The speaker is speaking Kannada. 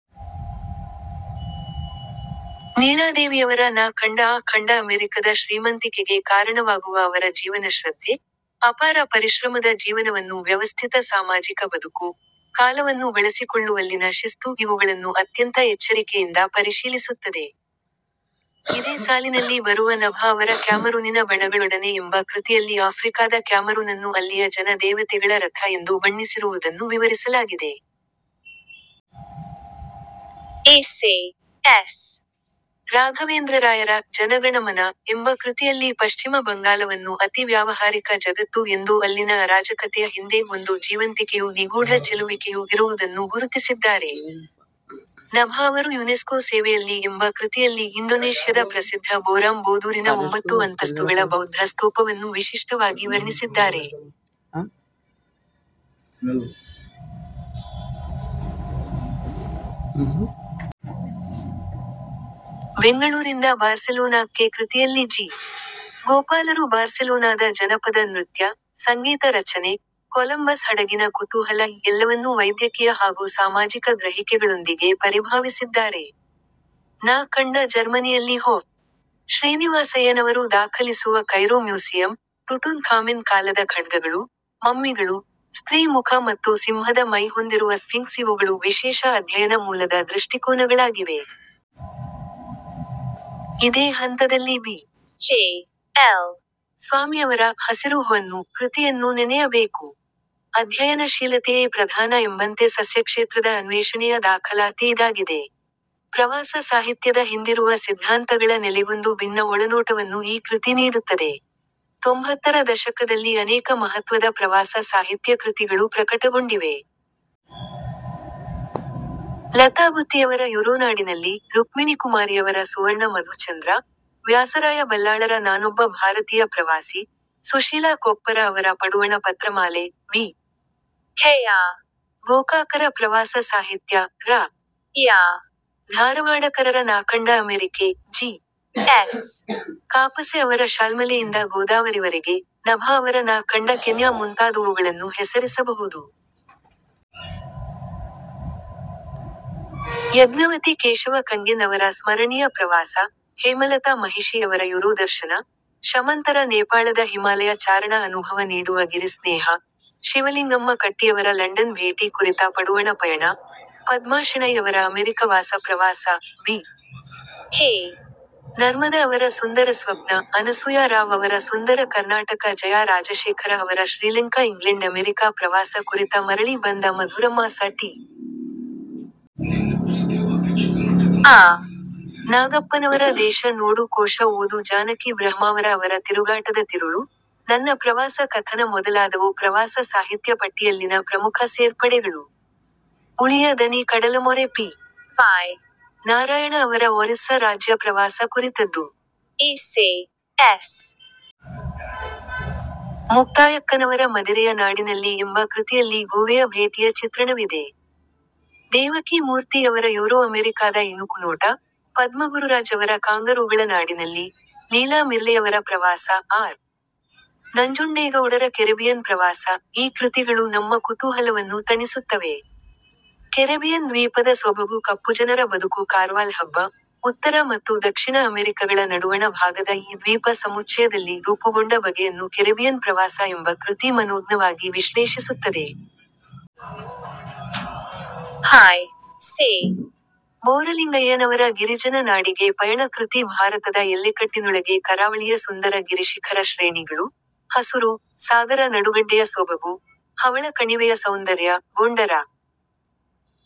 ನೀಳಾದೇವಿಯವರ ನಾ ಕಂಡ ಆ ಖಂಡ ಅಮೆರಿಕದ ಶ್ರೀಮಂತಿಕೆಗೆ ಕಾರಣವಾಗುವ ಅವರ ಜೀವನಶ್ರದ್ಧೆ, ಅಪಾರ ಪರಿಶ್ರಮದ ಜೀವನವನ್ನು ವ್ಯವಸ್ಥಿತ ಸಾಮಾಜಿಕ ಬದುಕು, ಕಾಲವನ್ನು ಬಳಸಿಕೊಳ್ಳುವಲ್ಲಿನ ಶಿಸ್ತು- ಇವುಗಳನ್ನು ಅತ್ಯಂತ ಎಚ್ಚರಿಕೆಯಿಂದ ಪರಿಶೀಲಿಸುತ್ತದೆ. ಇದೇ ಸಾಲಿನಲ್ಲಿ ಬರುವ ನಭ ಅವರ ಕ್ಯಾಮರೂನಿನ ಬಣಗಳೊಡನೆ ಎಂಬ ಕೃತಿಯಲ್ಲಿ ಆಫ್ರಿಕಾದ ಕ್ಯಾಮರೂನನ್ನು ಅಲ್ಲಿಯ ಜನ ದೇವತೆಗಳ ರಥ ಎಂದು ಬಣ್ಣಿಸಿರುವುದನ್ನು ವಿವರಿಸಲಾಗಿದೆ. ಎಚ್. ಎಸ್. ರಾಘವೇಂದ್ರರಾಯರ "ಜನಗಣಮನ" ಎಂಬ ಕೃತಿಯಲ್ಲಿ ಪಶ್ಚಿಮ ಬಂಗಾಲವನ್ನು ಅತೀ ವ್ಯಾವಹಾರಿಕ ಜಗತ್ತು ಎಂದೂ ಅಲ್ಲಿನ ಅರಾಜಕತೆಯ ಹಿಂದೆ ಒಂದು ಜೀವಂತಿಕೆಯೂ ನಿಗೂಢ ಚೆಲುವಿಕೆಯೂ ಇರುವುದನ್ನು ಗುರುತಿಸಿದ್ದಾರೆ. ನಭ ಅವರು ಯುನೆಸ್ಕೋ ಸೇವೆಯಲ್ಲಿ ಎಂಬ ಕೃತಿಯಲ್ಲಿ ಇಂಡೊನೇಷ್ಯದ ಪ್ರಸಿದ್ಧ ಬೋರಾಂ ಬೋದೂರಿನ ಒಂಬತ್ತು ಅಂತಸ್ತುಗಳ ಬೌದ್ಧ ಸ್ತೂಪವನ್ನು ವಿಶಿಷ್ಟವಾಗಿ ವರ್ಣಿಸಿದ್ದಾರೆ. ಬೆಂಗಳೂರಿಂದ ಬಾರ್ಸೆಲೋನಾಕ್ಕೆ ಕೃತಿಯಲ್ಲಿ ಜಿ. ಗೋಪಾಲರು ಬಾರ್ಸೆಲೋನಾದ ಜನಪದ ನೃತ್ಯ, ಸಂಗೀತ ರಚನೆ, ಕೊಲಂಬಸ್ ಹಡಗಿನ ಕುತೂಹಲ ಈ ಎಲ್ಲವನ್ನೂ ವೈದ್ಯಕೀಯ ಹಾಗೂ ಸಾಮಾಜಿಕ ಗ್ರಹಿಕೆಗಳೊಂದಿಗೆ ಪರಿಭಾವಿಸಿದ್ದಾರೆ. ನಾ ಕಂಡ ಜರ್ಮನಿಯಲ್ಲಿ ಹೊ. ಶ್ರೀನಿವಾಸಯ್ಯನವರು ದಾಖಲಿಸುವ ಕೈರೋ ಮ್ಯೂಸಿಯಂ, ಟುಟುನ್ ಖಾಮೆನ್ ಕಾಲದ ಖಡ್ಗಗಳು, ಮಮ್ಮಿಗಳು, ಸ್ತ್ರೀ ಮುಖ ಮತ್ತು ಸಿಂಹದ ಮೈ ಹೊಂದಿರುವ ಸ್ಫಿಂಕ್ಸ್ ಇವುಗಳು ವಿಶೇಷ ಅಧ್ಯಯನ ಮೂಲದ ದೃಷ್ಟಿಕೋನಗಳಾಗಿವೆ. ಇದೇ ಹಂತದಲ್ಲಿ ಬಿ. ಜಿ. ಎಲ್. ಸ್ವಾಮಿಯವರ "ಹಸಿರು ಹೊನ್ನು" ಕೃತಿಯನ್ನೂ ನೆನೆಯಬೇಕು. ಅಧ್ಯಯನಶೀಲತೆಯೇ ಪ್ರಧಾನ ಎಂಬಂತೆ ಸಸ್ಯಕ್ಷೇತ್ರದ ಅನ್ವೇಷಣೆಯ ದಾಖಲಾತಿ ಇದಾಗಿದೆ. ಪ್ರವಾಸ ಸಾಹಿತ್ಯದ ಹಿಂದಿರುವ ಸಿದ್ಧಾಂತಗಳ ನೆಲೆಗೊಂದು ಬಿನ್ನ ಒಳನೋಟವನ್ನು ಈ ಕೃತಿ ನೀಡುತ್ತದೆ. ತೊಂಭತ್ತರ ದಶಕದಲ್ಲಿ ಅನೇಕ ಮಹತ್ವದ ಪ್ರವಾಸ ಸಾಹಿತ್ಯ ಕೃತಿಗಳು ಪ್ರಕಟಗೊಂಡಿವೆ. ಲತಾಗುತ್ತಿಯವರ ಯುರೋನಾಡಿನಲ್ಲಿ, ರುಕ್ಮಿಣಿಕುಮಾರಿಯವರ ಸುವರ್ಣ ಮಧುಚಂದ್ರ, ವ್ಯಾಸರಾಯ ಬಲ್ಲಾಳರ ನಾನೊಬ್ಬ ಭಾರತೀಯ ಪ್ರವಾಸಿ, ಸುಶೀಲಾ ಕೊಪ್ಪರ ಅವರ ಪಡುವಣ ಪತ್ರಮಾಲೆ, ವಿ. ಕೃ. ಗೋಕಾಕರ ಪ್ರವಾಸ ಸಾಹಿತ್ಯ, ರಾ. ಯ. ಧಾರವಾಡಕರರ ನಾಕಂಡ ಅಮೆರಿಕೆ, ಜಿ. ಎಸ್. ಕಾಪಸೆ ಅವರ ಶಾಲ್ಮಲೆಯಿಂದ ಗೋದಾವರಿವರೆಗೆ, ನಭ ಅವರ ನಾ ಕಂಡ ಕೆನ್ಯಾ ಮುಂತಾದುವುಗಳನ್ನು ಹೆಸರಿಸಬಹುದು. ಯಜ್ಞವತಿ ಕೇಶವ ಕಂಗೆನ್ ಅವರ ಸ್ಮರಣೀಯ ಪ್ರವಾಸ, ಹೇಮಲತಾ ಮಹಿಷಿ ಅವರ ಯುರೋದರ್ಶನ, ಶಮಂತರ ನೇಪಾಳದ ಹಿಮಾಲಯ ಚಾರಣ ಅನುಭವ ನೀಡುವ ಗಿರಿಸ್ನೇಹ, ಶಿವಲಿಂಗಮ್ಮ ಕಟ್ಟಿಯವರ ಲಂಡನ್ ಭೇಟಿ ಕುರಿತ ಪಡುವಣ ಪಯಣ, ಪದ್ಮಾಶೆಣೈ ಅವರ ಅಮೆರಿಕವಾಸ ಪ್ರವಾಸ, ಬಿ. ಕೆ. ನರ್ಮದ ಅವರ ಸುಂದರಸ್ವಪ್ನ, ಅನಸೂಯಾ ರಾವ್ ಅವರ ಸುಂದರ ಕರ್ನಾಟಕ ಜಯಾ ರಾಜಶೇಖರ ಅವರ ಶ್ರೀಲಂಕಾ ಇಂಗ್ಲೆಂಡ್ ಅಮೆರಿಕಾ ಪ್ರವಾಸ ಕುರಿತ ಮರಳಿ ಬಂದ ಮಧುರ ಮಾಸ ಟಿ. ಆರ್. ನಾಗಪ್ಪನವರ ದೇಶ ನೋಡು ಕೋಶ ಓದು ಜಾನಕಿ ಬ್ರಹ್ಮಾವರ ಅವರ ತಿರುಗಾಟದ ತಿರುಳು, ನನ್ನ ಪ್ರವಾಸ ಕಥನ ಮೊದಲಾದವು ಪ್ರವಾಸ ಸಾಹಿತ್ಯ ಪಟ್ಟಿಯಲ್ಲಿನ ಪ್ರಮುಖ ಸೇರ್ಪಡೆಗಳು. ಉಳಿಯ ದನಿ ಕಡಲಮೊರೆ ಪಿ. ವಿ. ನಾರಾಯಣ ಅವರ ಒರಿಸ್ಸ ರಾಜ್ಯ ಪ್ರವಾಸ ಕುರಿತದ್ದು. ಎಚ್. ಎಸ್. ಮುಕ್ತಾಯಕ್ಕನವರ ಮದಿರೆಯ ನಾಡಿನಲ್ಲಿ ಎಂಬ ಕೃತಿಯಲ್ಲಿ ಗೋವೆಯ ಭೇಟಿಯ ಚಿತ್ರಣವಿದೆ. ದೇವಕೀ ಮೂರ್ತಿ ಅವರ ಯುರೋ ಅಮೆರಿಕಾದ ಇಣುಕುನೋಟ, ಪದ್ಮಗುರುರಾಜ್ ಅವರ ಕಾಂಗರೂಗಳ ನಾಡಿನಲ್ಲಿ, ಲೀಲಾ ಮಿರ್ಲೆಯವರ ಪ್ರವಾಸ, ಆರ್. ನಂಜುಂಡೇಗೌಡರ ಕೆರೆಬಿಯನ್ ಪ್ರವಾಸ, ಈ ಕೃತಿಗಳು ನಮ್ಮ ಕುತೂಹಲವನ್ನು ತಣಿಸುತ್ತವೆ. ಕೆರೆಬಿಯನ್ ದ್ವೀಪದ ಸೊಬಗು ಕಪ್ಪುಜನರ ಬದುಕು ಕಾರ್ವಾಲ್ ಹಬ್ಬ, ಉತ್ತರ ಮತ್ತು ದಕ್ಷಿಣ ಅಮೆರಿಕಗಳ ನಡುವಣ ಭಾಗದ ಈ ದ್ವೀಪ ಸಮುಚ್ಚಯದಲ್ಲಿ ರೂಪುಗೊಂಡ ಬಗೆಯನ್ನು ಕೆರೆಬಿಯನ್ ಪ್ರವಾಸ ಎಂಬ ಕೃತಿ ಮನೋಜ್ಞವಾಗಿ ವಿಶ್ಲೇಷಿಸುತ್ತದೆ. ಹಿ. ಚಿ. ಬೋರಲಿಂಗಯ್ಯನವರ ಗಿರಿಜನ ನಾಡಿಗೆ ಪಯಣ ಕೃತಿ ಭಾರತದ ಎಲ್ಲೆಕಟ್ಟಿನೊಳಗೆ ಕರಾವಳಿಯ ಸುಂದರ ಗಿರಿಶಿಖರ ಶ್ರೇಣಿಗಳು, ಹಸುರು, ಸಾಗರ ನಡುಗಡ್ಡೆಯ ಸೊಬಗು, ಹವಳ ಕಣಿವೆಯ ಸೌಂದರ್ಯ, ಗೊಂಡರ